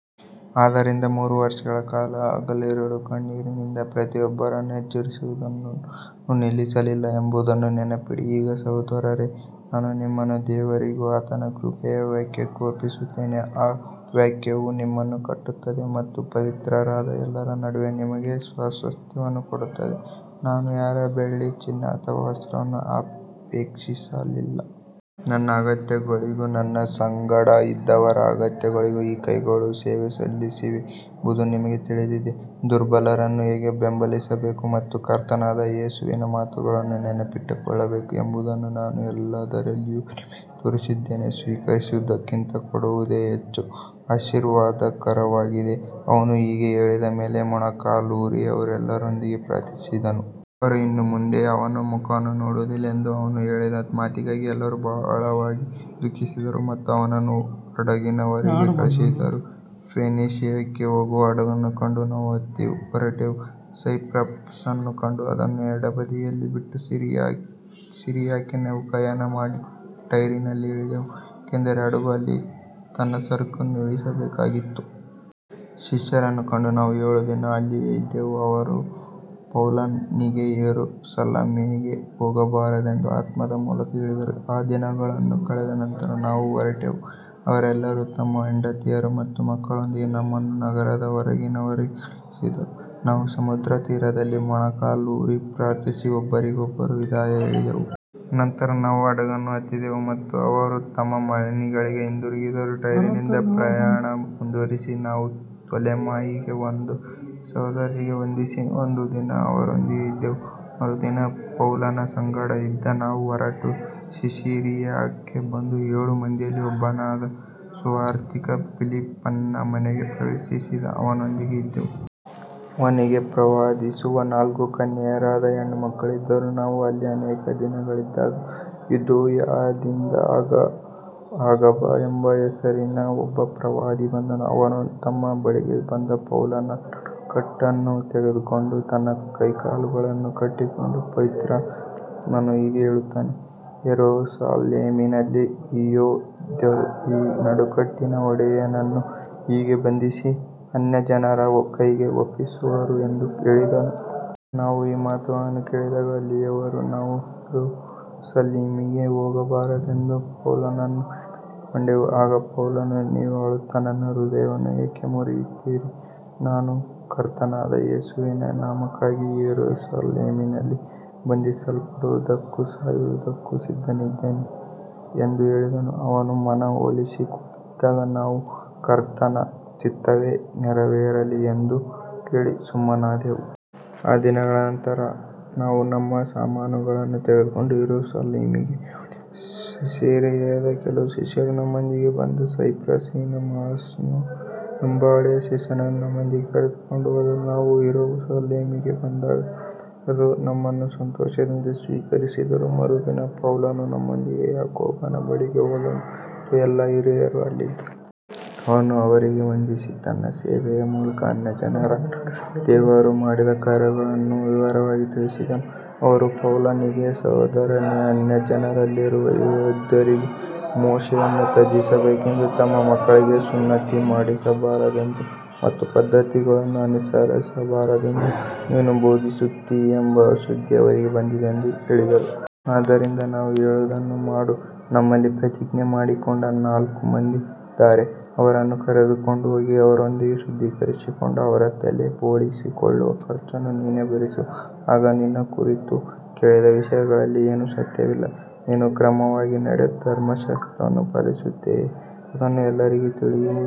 ಆದ್ದರಿಂದ ಮೂರು ವರ್ಷಗಳ ಕಾಲ ಹಗಲಿರುಳು ಕಣ್ಣೀರಿನಿಂದ ಪ್ರತಿಯೊಬ್ಬರನ್ನೂ ಎಚ್ಚರಿಸುವುದನ್ನು ನಾನು ನಿಲ್ಲಿಸಲಿಲ್ಲ ಎಂಬುದನ್ನು ನೆನಪಿಡಿ. ಈಗ ಸಹೋದರರೇ, ನಾನು ನಿಮ್ಮನ್ನು ದೇವರಿಗೂ ಆತನ ಕೃಪೆಯ ವಾಕ್ಯಕ್ಕೂ ಒಪ್ಪಿಸುತ್ತೇನೆ. ಆ ವಾಕ್ಯವು ನಿಮ್ಮನ್ನು ಕಟ್ಟುತ್ತದೆ ಮತ್ತು ಪವಿತ್ರರಾದ ಎಲ್ಲರ ನಡುವೆ ನಿಮಗೆ ಸ್ವಾಸ್ತ್ಯವನ್ನು ಕೊಡುತ್ತದೆ. ನಾನು ಯಾರ ಬೆಳ್ಳಿ, ಚಿನ್ನ ಅಥವಾ ವಸ್ತ್ರವನ್ನೂ ಅಪೇಕ್ಷಿಸಲಿಲ್ಲ. ನನ್ನ ಅಗತ್ಯಗಳಿಗೂ ನನ್ನ ಸಂಗಡ ಇದ್ದವರ ಅಗತ್ಯಗಳಿಗೂ ಈ ಕೈಗಳು ಸೇವೆ ಸಲ್ಲಿಸಿವೆ ಎಂಬುದು ನಿಮಗೆ ತಿಳಿದಿದೆ. ದುರ್ಬಲರನ್ನು ಹೇಗೆ ಬೆಂಬಲಿಸಬೇಕು ಮತ್ತು ಕರ್ತನಾದ ಯೇಸುವಿನ ಮಾತುಗಳನ್ನು ನೆನಪಿಟ್ಟುಕೊಳ್ಳಬೇಕು ಎಂಬುದನ್ನು ನಾನು ಎಲ್ಲದರಲ್ಲಿಯೂ ನಿಮಗೆ ತೋರಿಸಿದ್ದೇನೆ. ಸ್ವೀಕರಿಸುವುದಕ್ಕಿಂತ ಕೊಡುವುದೇ ಹೆಚ್ಚು ಆಶೀರ್ವಾದಕರವಾಗಿದೆ. ಅವನು ಹೀಗೆ ಹೇಳಿದ ಮೇಲೆ ಮೊಣಕಾಲೂರಿ ಅವರೆಲ್ಲರೊಂದಿಗೆ ಪ್ರಾರ್ಥಿಸಿದನು. ಅವರು ಇನ್ನು ಮುಂದೆ ಅವನ ಮುಖವನ್ನು ನೋಡುವುದಿಲ್ಲ ಎಂದು ಅವನು ಹೇಳಿದ ಮಾತಿಗಾಗಿ ಎಲ್ಲರೂ ಬಹಳವಾಗಿ ದುಃಖಿಸಿದರು ಮತ್ತು ಅವನನ್ನು ಹಡಗಿನವರೆಗೆ ಕಳುಹಿಸಿದರು. ಫೆನೀಷಿಯಕ್ಕೆ ಹೋಗುವ ಹಡಗನ್ನು ಕಂಡು ನಾವು ಹತ್ತಿ ಹೊರಟೆವು. ಸೈಪ್ರಸನ್ನು ಕಂಡು ಅದನ್ನು ಎಡಬದಿಯಲ್ಲಿ ಬಿಟ್ಟು ಸಿರಿಯಾಕ್ಕೆ ನೌಕಾಯಾನ ಮಾಡಿ ಟೈರಿನಲ್ಲಿ ಇಳಿದೆವು, ಏಕೆಂದರೆ ಹಡಗು ಅಲ್ಲಿ ತನ್ನ ಸರಕನ್ನು ಇಳಿಸಬೇಕಾಗಿತ್ತು. ಶಿಷ್ಯರನ್ನು ಕಂಡು ನಾವು ಏಳು ದಿನ ಅಲ್ಲಿಯೇ ಇದ್ದೆವು. ಅವರು ಪೌಲನಿಗೆ ಯೆರೂಸಲೇಮಿಗೆ ಹೋಗಬಾರದೆಂದು ಆತ್ಮದ ಮೂಲಕ ಹೇಳಿದರು. ಆ ದಿನಗಳನ್ನು ಕಳೆದ ನಂತರ ನಾವು ಹೊರಟೆವು. ಅವರೆಲ್ಲರೂ ತಮ್ಮ ಹೆಂಡತಿಯರು ಮತ್ತು ಮಕ್ಕಳೊಂದಿಗೆ ನಮ್ಮನ್ನು ನಗರದ ಹೊರಗಿನವರೆಗೆ ಕಳುಹಿಸಿದರು. ನಾವು ಸಮುದ್ರತೀರದಲ್ಲಿ ಮೊಣಕಾಲೂರಿ ಪ್ರಾರ್ಥಿಸಿ ಒಬ್ಬರಿಗೊಬ್ಬರು ವಿದಾಯ ಹೇಳಿದೆವು. ನಂತರ ನಾವು ಹಡಗನ್ನು ಹತ್ತಿದೆವು ಮತ್ತು ಅವರು ತಮ್ಮ ಮನೆಗಳಿಗೆ ಹಿಂದಿರುಗಿದರು. ಟೈರಿನಿಂದ ಪ್ರಯಾಣ ಮುಂದುವರಿಸಿ ನಾವು ತೊಲೆಮಾಯಿಗೆ ಬಂದು ಸಹೋದರರಿಗೆ ವಂದಿಸಿ ಒಂದು ದಿನ ಅವರೊಂದಿಗೆ ಇದ್ದೆವು. ಮರುದಿನ ಪೌಲನ ಸಂಗಡ ಇದ್ದ ನಾವು ಹೊರಟು ಸಿಸೇರಿಯಾಕ್ಕೆ ಬಂದು ಏಳು ಮಂದಿಯಲ್ಲಿ ಒಬ್ಬನಾದ ಸುವಾರ್ತಿಕ ಫಿಲಿಪ್ಪನ ಮನೆಗೆ ಪ್ರವೇಶಿಸಿ ಅವನೊಂದಿಗೆ ಇದ್ದೆವು. ಅವನಿಗೆ ಪ್ರವಾದಿಸುವ ನಾಲ್ಕು ಕನ್ಯೆಯರಾದ ಹೆಣ್ಣುಮಕ್ಕಳಿದ್ದರು. ನಾವು ಅಲ್ಲಿ ಅನೇಕ ದಿನಗಳಿದ್ದಾಗ ಯೂದಾಯದಿಂದ ಅಗಬ ಎಂಬ ಹೆಸರಿನ ಒಬ್ಬ ಪ್ರವಾದಿ ಬಂದನು. ಅವನು ನಮ್ಮ ಬಳಿಗೆ ಬಂದು ಪೌಲನ ನಡುಕಟ್ಟನ್ನು ತೆಗೆದುಕೊಂಡು ತನ್ನ ಕೈಕಾಲುಗಳನ್ನು ಕಟ್ಟಿಕೊಂಡು, ಪವಿತ್ರಾತ್ಮನು ಹೀಗೆ ಹೇಳುತ್ತಾನೆ, ಯೆರೂಸಲೇಮಿನಲ್ಲಿ ಯೆಹೂದ್ಯರು ಈ ನಡುಕಟ್ಟಿನ ಒಡೆಯನನ್ನು ಹೀಗೆ ಬಂಧಿಸಿ ಅನ್ಯಜನರ ಕೈಗೆ ಒಪ್ಪಿಸುವರು ಎಂದು ಹೇಳಿದನು. ನಾವು ಈ ಮಾತುಗಳನ್ನು ಕೇಳಿದಾಗ ಅಲ್ಲಿಯವರೂ ನಾವೂ ಯೆರೂಸಲೇಮಿಗೆ ಹೋಗಬಾರದೆಂದು ಪೌಲನನ್ನು ಬೇಡಿಕೊಂಡೆವು. ಆಗ ಪೌಲನು, ನೀವು ಅಳುತ್ತಾ ನನ್ನ ಹೃದಯವನ್ನು ಏಕೆ ಮುರಿಯುತ್ತೀರಿ, ನಾನು ಕರ್ತನಾದ ಯೇಸುವಿನ ನಾಮಕ್ಕಾಗಿ ಯೆರೂಸಲೇಮಿನಲ್ಲಿ ಬಂಧಿಸಲ್ಪಡುವುದಕ್ಕೂ ಸಾಯುವುದಕ್ಕೂ ಸಿದ್ಧನಿದ್ದೇನೆ ಎಂದು ಹೇಳಿದನು. ಅವನು ಮನವೊಲಿಸಿಕೊಳ್ಳದಿದ್ದಾಗ ನಾವು, ಕರ್ತನ ಚಿತ್ತವೇ ನೆರವೇರಲಿ ಎಂದು ಹೇಳಿ ಸುಮ್ಮನಾದೆವು. ಆ ದಿನಗಳ ನಂತರ ನಾವು ನಮ್ಮ ಸಾಮಾನುಗಳನ್ನು ತೆಗೆದುಕೊಂಡು ಯೆರೂಸಲೇಮಿಗೆ ಹೋದೆವು. ಸಿಸೇರಿಯಾದ ಕೆಲವು ಶಿಷ್ಯರೂ ನಮ್ಮೊಂದಿಗೆ ಬಂದು ಸೈಪ್ರಸಿನ ಮ್ನಾಸೋನ ಎಂಬ ಹಳೆಯ ಶಿಷ್ಯನನ್ನು ನಮ್ಮೊಂದಿಗೆ ಕರೆದುಕೊಂಡು ಹೋದರು. ನಾವು ಯೆರೂಸಲೇಮಿಗೆ ಬಂದಾಗ ಸಹೋದರರು ನಮ್ಮನ್ನು ಸಂತೋಷದಿಂದ ಸ್ವೀಕರಿಸಿದರು. ಮರುದಿನ ಪೌಲನು ನಮ್ಮೊಂದಿಗೆ ಯಾಕೋಬನ ಬಳಿಗೆ ಹೋದನು ಮತ್ತು ಎಲ್ಲಾ ಹಿರಿಯರೂ ಅಲ್ಲಿದ್ದರು. ಅವನು ಅವರಿಗೆ ವಂದಿಸಿ, ತನ್ನ ಸೇವೆಯ ಮೂಲಕ ಅನ್ಯಜನರ ನಡುವೆ ದೇವರು ಮಾಡಿದ ಕಾರ್ಯಗಳನ್ನು ವಿವರವಾಗಿ ತಿಳಿಸಿದನು. ಅವರು ಪೌಲನಿಗೆ, ಸಹೋದರನೇ, ಅನ್ಯಜನರಲ್ಲಿರುವ ಯೆಹೂದ್ಯರಿಗೆ ಮೋಶೆಯನ್ನು ತ್ಯಜಿಸಬೇಕೆಂದು, ತಮ್ಮ ಮಕ್ಕಳಿಗೆ ಸುನ್ನತಿ ಮಾಡಿಸಬಾರದೆಂದು ಮತ್ತು ಪದ್ಧತಿಗಳನ್ನು ಅನುಸರಿಸಬಾರದೆಂದು ನೀನು ಬೋಧಿಸುತ್ತೀಯೆಂಬ ಸುದ್ದಿ ಅವರಿಗೆ ಬಂದಿದೆ ಎಂದು ಹೇಳಿದರು. ಆದ್ದರಿಂದ ನಾವು ಹೇಳುವುದನ್ನು ಮಾಡು. ನಮ್ಮಲ್ಲಿ ಪ್ರತಿಜ್ಞೆ ಮಾಡಿಕೊಂಡ ನಾಲ್ಕು ಮಂದಿ ಇದ್ದಾರೆ. ಅವರನ್ನು ಕರೆದುಕೊಂಡು ಹೋಗಿ ಅವರೊಂದಿಗೆ ಶುದ್ಧೀಕರಿಸಿಕೊಂಡು ಅವರ ತಲೆ ಬೋಳಿಸಿಕೊಳ್ಳುವ ಖರ್ಚನ್ನು ನೀನೇ ಭರಿಸು. ಆಗ ನಿನ್ನ ಕುರಿತು ಕೇಳಿದ ವಿಷಯಗಳಲ್ಲಿ ಏನೂ ಸತ್ಯವಿಲ್ಲ, ನೀನೂ ಕ್ರಮವಾಗಿ ನಡೆದು ಧರ್ಮಶಾಸ್ತ್ರವನ್ನು ಪಾಲಿಸುತ್ತೀಯೆ ಎಂಬುದು ಎಲ್ಲರಿಗೂ ತಿಳಿಯುವುದು.